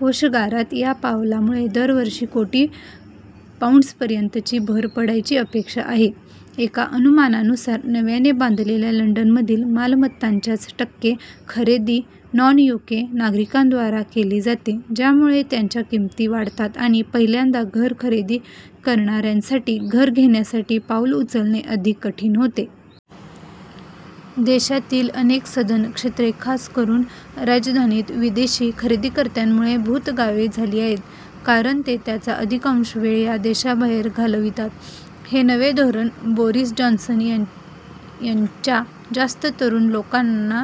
कोषागारात या पावलामुळे दरवर्षी कोटी पाउंड्सपर्यंत भर पडण्याची अपेक्षा आहे. एका अनुमानानुसार, नव्याने बांधलेल्या लंडनमधील मालमत्तांचच्या टक्के खरेदी नॉन-यूके नागरिकांद्वारा केली जाते, ज्यामुळे त्यांच्या किमती वाढतात आणि पहिल्यांदा घर खरेदी करणाऱ्यांसाठी घर घेण्यासाठी पाऊल उचलणे अधिक कठीण होते. देशातील अनेक सधन क्षेत्रे – खास करून राजधानीत – विदेशी खरेदीकर्त्यांमुळे "भूत गावे" झाली आहेत, कारण ते त्यांचा अधिकांश वेळ या देशाबाहेर घालवितात. हे नवे धोरण बोरिस जॉन्सन यांच्या जास्त तरुण लोकांना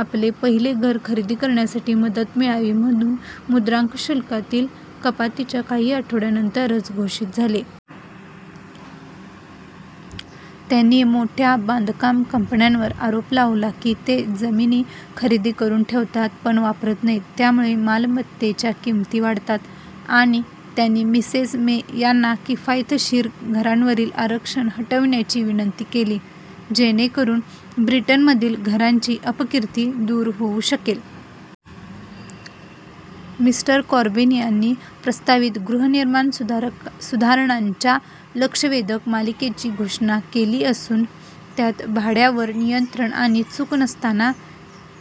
आपले पहिले घर खरेदी करण्यासाठी मदत मिळावी म्हणून मुद्रांक शुल्कातील कपातीच्या काही आठवड्यानंतरच घोषित झाले. त्यांनी मोठ्या बांधकाम कंपन्यांवर आरोप लावला की ते जमिनी खरेदी करून ठेवतात पण वापरत नाहीत त्यामुळे मालमत्तेच्या किमती वाढतात, आणि त्यांनी मिसेस मे यांना किफायतशीर घरांवरील आरक्षण हटविण्याची विनंती केली, जेणेकरून ब्रिटनमधील "घरांची अपकीर्ती" दूर होऊ शकेल. " मि. कॉर्बीन यांनी प्रस्तावित गृहनिर्माण सुधारणांच्या लक्षवेधक मालिकेची घोषणा केली असून, त्यात भाड्यावर नियंत्रण आणि "चूक नसताना"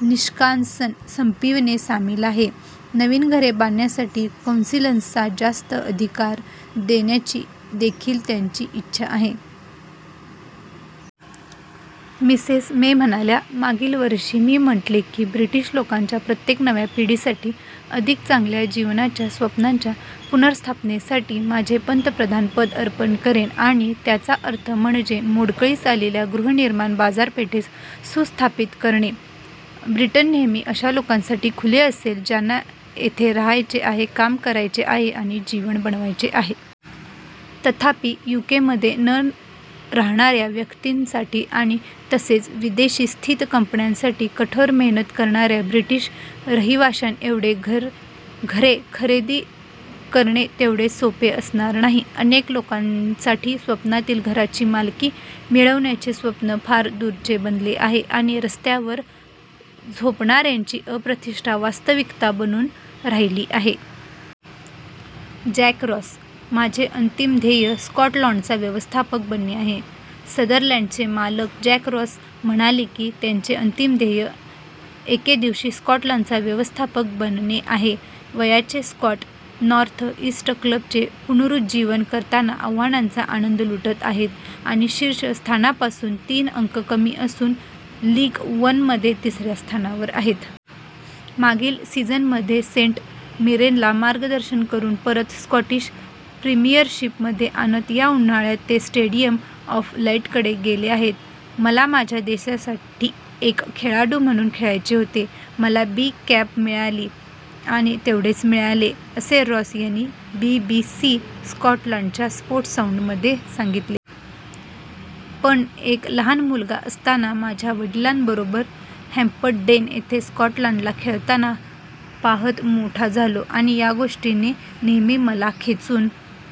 निष्कासन संपविणे सामील आहे. नवी घरे बांधण्यासाठी कौन्सिल्सना जास्त अधिकार देण्याची देखील त्यांची इच्छा आहे. मिसेस मे म्हणाल्या: "मागील वर्षी मी म्हटले की ब्रिटीश लोकांच्या प्रत्येक नव्या पिढीसाठी अधिक चांगल्या जीवनाच्या स्वप्नांच्या पुनर्स्थापनेसाठी माझे पंतप्रधानपद अर्पण करेन. आणि त्याचा अर्थ म्हणजे मोडकळीस आलेल्या गृहनिर्माण बाजारपेठेस सुस्थापित करणे. ब्रिटन नेहमी अशा लोकांसाठी खुले असेल ज्यांना येथे राहायचे आहे, काम करायचे आहे आणि जीवन बनवायचे आहे. तथापि, यूकेमध्ये न राहणाऱ्या व्यक्तींसाठी आणि तसेच विदेश-स्थित कंपन्यांसाठी कठोर मेहनत करणाऱ्या ब्रिटीश रहिवाश्यांएवढे घरे खरेदी करणे तेवढे सोपे असणार नाही. अनेक लोकांसाठी स्वप्नातील घराची मालकी मिळविण्याचे स्वप्न फार दूरचे बनले आहे, आणि रस्त्यावर झोपणाऱ्यांची अप्रतिष्ठा वास्तविकता बनून राहिली आहे. जॅक रॉस: "माझे अंतिम ध्येय स्कॉटलंडचा व्यवस्थापक बनणे आहे" संदरलँडचे मालक जॅक रॉस म्हणाले की त्यांचे "अंतिम ध्येय" एके दिवशी स्कॉटलंडचा व्यवस्थापक बनणे आहे. वयाचे स्कॉट, नॉर्थ-इस्ट क्लबचे पुनरुज्जीवन करताना आव्हानांचा आनंद लुटत आहेत, आणि शीर्ष स्थानापासून तीन अंक कमी असून लीग वनमध्ये तिसऱ्या स्थानावर आहेत. मागील सीझनमध्ये सेंट मीरेनला मार्गदर्शन करून परत स्कॉटिश प्रीमियरशिपमध्ये आणत या उन्हाळ्यात ते स्टेडीयम ऑफ लाईटकडे गेले आहेत. "मला माझ्या देशासाठी एक खेळाडू म्हणून खेळायचे होते. मला बी कॅप मिळाली आणि तेवढेच मिळाले," असे रॉस यांनी बीबीसी स्कॉटलंडच्या स्पोर्ट्ससाऊंडमध्ये सांगितले. "पण एक लहान मुलगा असताना माझ्या वडिलांबरोबर हँपडेन येथे स्कॉटलंडला खेळताना पहात मोठा झालो, आणि या गोष्टीने नेहमी मला खेचून